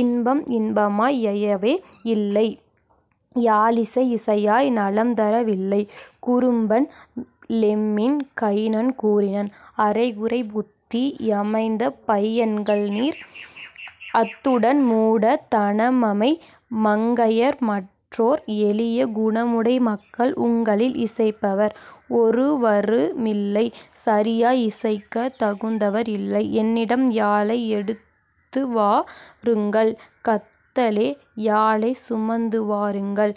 இன்பம் இன்பமாய் இயையவே யில்லை யாழிசை இசையாய் நலம்தர வில்லை. குறும்பன் லெம்மின் கைனன் கூறினன்: "அரைகுறைப் புத்தி யமைந்த பையன்கள் நீர் அத்துடன் மூடத் தனமமை மங்கையர் மற்றயோர் எளிய குணமுடை மக்கள். உங்களில் இசைப்பவர் ஒருவருமில்லை சரியாய் இசைக்கத் தகுந்தவர் இல்லை; என்னிடம் யாழை எடுத்துவா ருங்கள் கந்தலே யாழைச் சுமந்துவாருங்கள்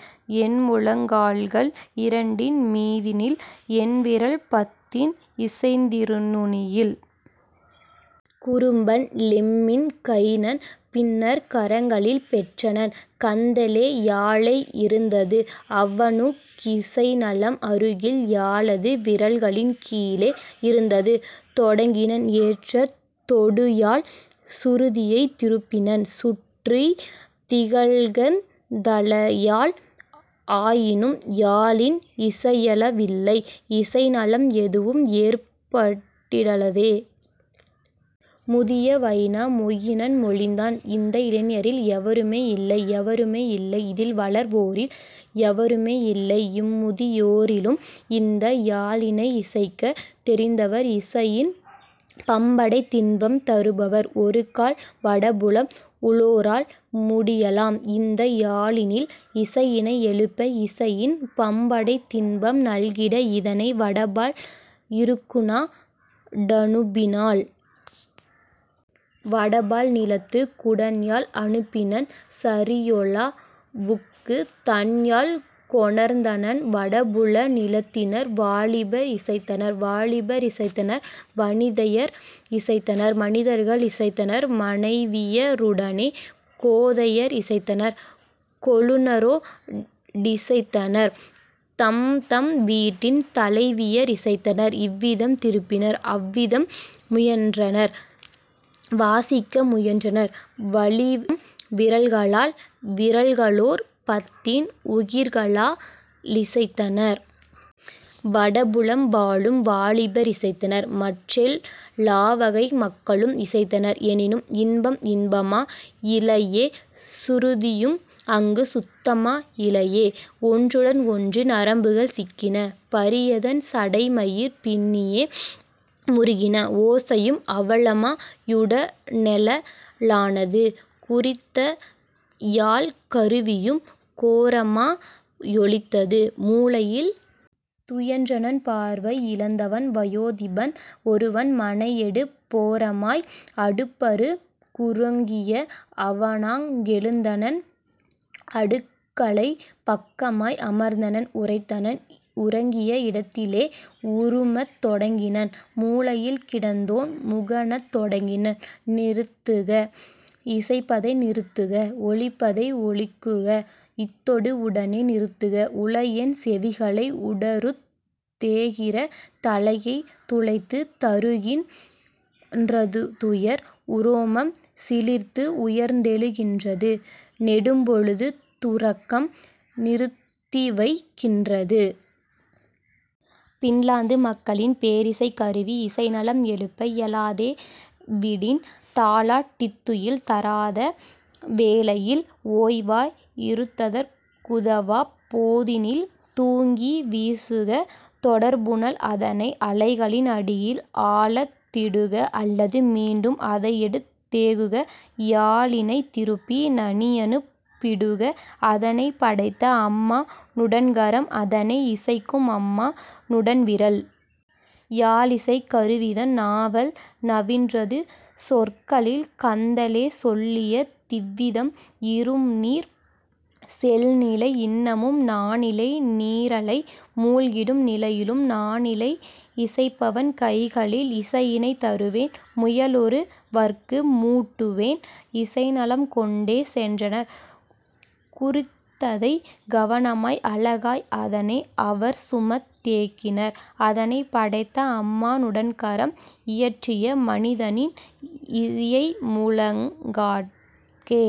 என் முழங்கால்கள் இரண்டின் மீதினில் என்விரல் பத்தின் இசைந்திரு நுனியில்! " குறும்பன் லெம்மின் கைனன் பின்னர் கரங்களில் பெற்றனன் கந்தலே யாழை இருந்தது அவனுக் கிசைநலம் அருகில் யாழது விரல்களின் கீழே இருந்தது; தொடங்கினன் ஏற்றத் தொடுயாழ்ச் சுருதியை திருப்பினன் சுற்றித் திகழ்கந் தலயாழ் ஆயினும் யாழினில் இசையெழ வில்லை இசைநலம் எதுவும் ஏற்பட் டிலதே. முதிய வைனா மொயினன் மொழிந்தான்: "இந்த இளைஞரில் எவருமே இல்லை எவருமே இல்லை இதில்வளர் வோரில் எவருமே இல்லை இம்முதி யோரிலும் இந்த யாழினை இசைக்கத் தெரிந்தவர் இசையின் பம்படைத் தின்பம் தருபவர்; ஒருக்கால் வடபுலம் உளோரால் முடியலாம் இந்த யாழினில் இசையினை எழுப்ப இசையின் பம்படைத் தின்பம் நல்கிட இதனை வடபால் இருக்குநா டனுப்பினால்? " வடபால் நிலத்துக் குடன்யாழ் அனுப்பினன் சரியொலா வுக்குத் தன்யாழ் கொணர்ந்தனன் வடபுல நிலத்தினர் வாலிபர் இசைத்தனர் வாலிபர் இசைத்தனர் வனிதையர் இசைத்தனர் மனிதர்கள் இசைத்தனர் மனைவிய ருடனே கோதையர் இசைத்தனர் கொழுனரோ டிசைத்தனர் தம்தம் வீட்டின் தலைவியர் இசைத்தனர் இவ்விதம் திருப்பினர் அவ்விதம் முயன்றனர் வாசிக்க முயன்றனர் வலி விரல்களால் விரல்களோர் பத்தின் உகிர்களா லிசைத்தனர். வடபுலம் வாழும் வாலிபர் இசைத்தனர் மற்றெல் லாவகை மக்களும் இசைத்தனர் எனினும் இன்பம் இன்பமா யிலையே சுருதியும் அங்கு சுத்தமா யிலையே: ஒன்றுடன் ஒன்று நரம்புகள் சிக்கின பரியதன் சடைமயிர் பின்னியே முறுகின ஓசையும் அவலமா யுடனெழ லானது குறித்தயாழ்க் கருவியும் கோரமா யொலித்தது. மூலையில் துயன்றனன் பார்வை யிழந்தவன் வயோதிபன் ஒருவன் மனையெடுப் போரமாய் அடுப்பரு குறங்கிய அவனாங் கெழுந்தனன் அடுக்களைப் பக்கமாய் அமர்ந்தனன் உரைத்தனன் உறங்கிய இடத்திலே உறுமத் தொடங்கினன் மூலையில் கிடந்தோன் முகனத் தொடங்கினன்: "நிறுத்துக இசைப்பதை நிறுத்துக ஒலிப்பதை, ஒழிக்குக, இத்தொடு உடனே நிறுத்துக, உளஎன் செவிகளை உடறுத் தேகிற தலையைத் துளைத்துத் தருகின் றது துயர் உரோமம் சிலிர்த்து உயர்ந்தெழு கின்றது நெடும்பொழு துறக்கம் நிறுத்திவைக் கின்றது. பின்லாந்து மக்களின் பேரிசைக் கருவி இசைநலம் எழுப்ப இயலாதே விடின் தாலாட் டித்துயில் தராத வேளையில் ஓய்வாய் இருத்தற் குதவாப் போதினில் தூக்கி வீசுக தொடர்புனல் அதனை அலைகளின் அடியில் ஆழத் திடுக அல்லது மீண்டும் அதையெடுத் தேகுக யாழினைத் திருப்பி நனியனுப் பிடுக அதனைப் படைத்த அம்மா னுடன்கரம் அதனை இசைக்கும் அம்மா னுடன்விரல். " யாழிசைக் கருவிதன் நாவால் நவின்றது சொற்களில் கந்தலே சொல்லிய திவ்விதம்: "இரும்நீர் செல்நிலை இன்னமும் நானிலை நீரலை மூழ்கிடும் நிலையிலும் நானிலை இசைப்பவன் கைகளில் இசையினைத் தருவேன் முயலொரு வற்கு மூட்டுவேன் இசைநலம். " கொண்டே சென்றனர் குறித்ததைக் கவனமாய் அழகாய் அதனை அவர்சுமந் தேகினர் அதனைப் படைத்த அம்மா னுடன்கரம் இயற்றிய மனிதனின் இயைமுழங் காற்கே.